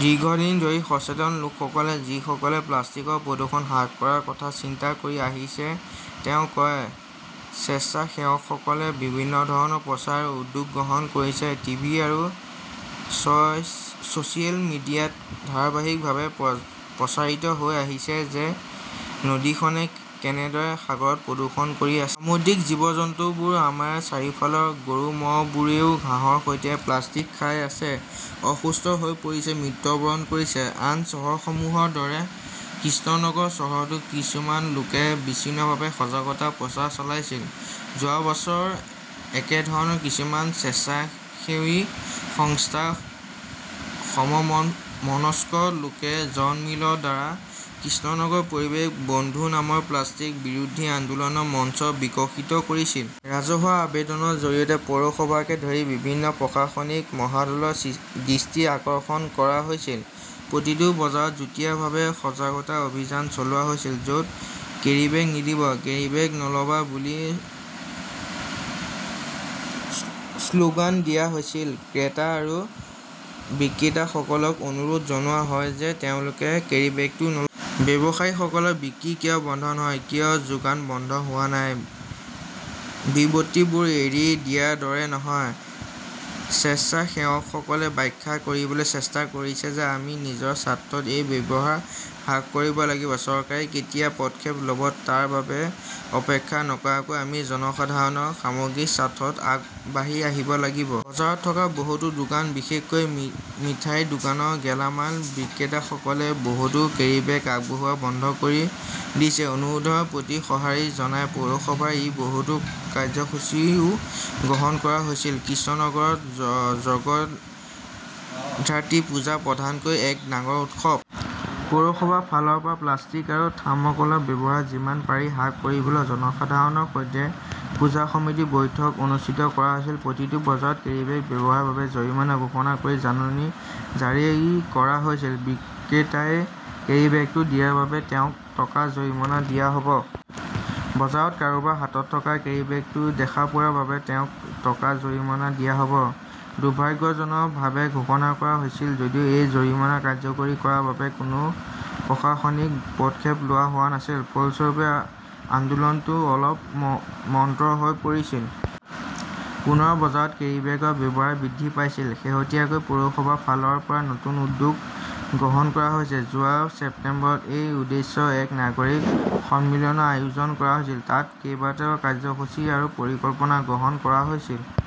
দীৰ্ঘদিন ধৰি সচেতন লোকসকলে যিসকলে প্লাষ্টিকৰ প্ৰদূষণ হ্ৰাস কৰাৰ কথা চিন্তা কৰি আহিছে তেওঁ কয়, স্বেচ্ছাসেৱকসকলে বিভিন্ন ধৰণৰ প্ৰচাৰ আৰু উদ্যোগ গ্ৰহণ কৰিছে। টিভি আৰু ছ চিয়েল মিডিয়াত ধাৰাবাহিকভাৱে প্ৰচাৰিত হৈ আহিছে যে নদীখনে কেনেদৰে সাগৰত প্ৰদূষণ কৰি আছে। সামুদ্ৰিক জীৱ-জন্তুবোৰ, আমাৰ চাৰিওফালৰ গৰু-ম'হবোৰেও ঘাঁহৰ সৈতে প্লাষ্টিক খাই আছে, অসুস্থ হৈ পৰিছে, মৃত্যুবৰণ কৰিছে। আন চহৰসমূহৰ দৰে কৃষ্ণনগৰ চহৰতো কিছুমান লোকে বিচ্ছিন্নভাৱে সজাগতা প্ৰচাৰ চলাইছিল। যোৱা বছৰ একেধৰণৰ কিছুমান স্বেচ্ছাসেৱী সংস্থা সমমনস্ক লোকে জন মিলৰ দ্বাৰা 'কৃষ্ণনগৰ পৰিৱেশ বন্ধু নামৰ প্লাষ্টিক বিৰোধী আন্দোলনৰ মঞ্চ বিকশিত কৰিছিল। ৰাজহুৱা আবেদনৰ জৰিয়তে পৌৰসভাকে ধৰি বিভিন্ন প্ৰশাসনিক মহলৰ দৃষ্টি আকৰ্ষণ কৰা হৈছিল। প্ৰতিটো বজাৰত যুটীয়াভাৱে সজাগতা অভিযান চলোৱা হৈছিল, য'ত কেৰীবেগ নিদিব, কেৰীবেগ নলবা, বুলি শ্লোগান দিয়া হৈছিল। ক্ৰেতা আৰু বিক্ৰেতাসকলক অনুৰোধ জনোৱা হয় যে তেওঁলোকে কেৰীবেগটো নল ব্যৱসায়ীসকলৰ বিক্ৰী কিয় বন্ধ নহয়? কিয় যোগান বন্ধ হোৱা নাই? বিবতিবোৰ এৰি দিয়াৰ দৰে নহয়। স্বেচ্ছাসেৱকসকলে ব্যাখ্যা কৰিবলৈ চেষ্টা কৰিছে যে আমি নিজৰ স্বাৰ্থত এই ব্যৱহাৰ হ্ৰাস কৰিব লাগিব। চৰকাৰে কেতিয়া পদক্ষেপ ল'ব তাৰ বাবে অপেক্ষা নকৰাকৈ আমি জনসাধাৰণৰ সামগ্ৰিক স্বাৰ্থত আগবাঢ়ি আহিব লাগিব। বজাৰত থকা বহুতো দোকান, বিশেষকৈ মিঠাইৰ দোকানৰ গেলামাল বিক্ৰেতাসকলে বহুতো কেৰীবেগ আগবঢ়োৱা বন্ধ কৰি দিছে। অনুৰোধৰ প্ৰতি সঁহাৰি জনাই পৌৰসভাৰ এই বহুতো কাৰ্যসূচীও গ্ৰহণ কৰা হৈছিল। কৃষ্ণনগৰৰ জগধাত্ৰী পূজা প্ৰধানকৈ এক ডাঙৰ উৎসৱ। পৌৰসভাৰ ফালৰ পৰা প্লাষ্টিক আৰু থামৰ্কলৰ ব্যৱহাৰ যিমান পাৰি হ্ৰাস কৰিবলৈ জনসাধাৰণৰ সৈতে পূজা সমিতিৰ বৈঠক অনুষ্ঠিত কৰা হৈছিল। প্ৰতিটো বজাৰত কেৰীবেগ ব্যৱহাৰৰ বাবে জৰিমনা ঘোষণা কৰি জাননী জাৰি কৰা হৈছিল। বিক্ৰেতাই কেৰীবেগটো দিয়াৰ বাবে তেওঁক টকা জৰিমনা দিয়া হ'ব। বজাৰত কাৰোবাৰ হাতত থকা কেৰীবেগটো দেখা পোৱাৰ বাবে তেওঁক টকা জৰিমনা দিয়া হ'ব। দুৰ্ভাগ্যজনকভাৱে, ঘোষণা কৰা হৈছিল যদিও এই জৰিমনা কাৰ্যকৰী কৰাৰ বাবে কোনো প্ৰশাসনিক পদক্ষেপ লোৱা হোৱা নাছিল। ফলস্বৰূপে, আন্দোলনটো অলপ মন্তৰ হৈ পৰিছিল। পুনৰ বজাৰত কেৰীবেগৰ ব্যৱহাৰ বৃদ্ধি পাইছিল। শেহতীয়াকৈ পৌৰসভাৰ ফালৰ পৰা নতুন উদ্যোগ গ্ৰহণ কৰা হৈছে। যোৱা ছেপ্টেম্বৰত এই উদ্দেশ্য এক নাগৰিক সন্মিলনৰ আয়োজন কৰা হৈছিল। তাত কেইবাটাও কাৰ্যসূচী আৰু পৰিকল্পনা গ্ৰহণ কৰা হৈছিল।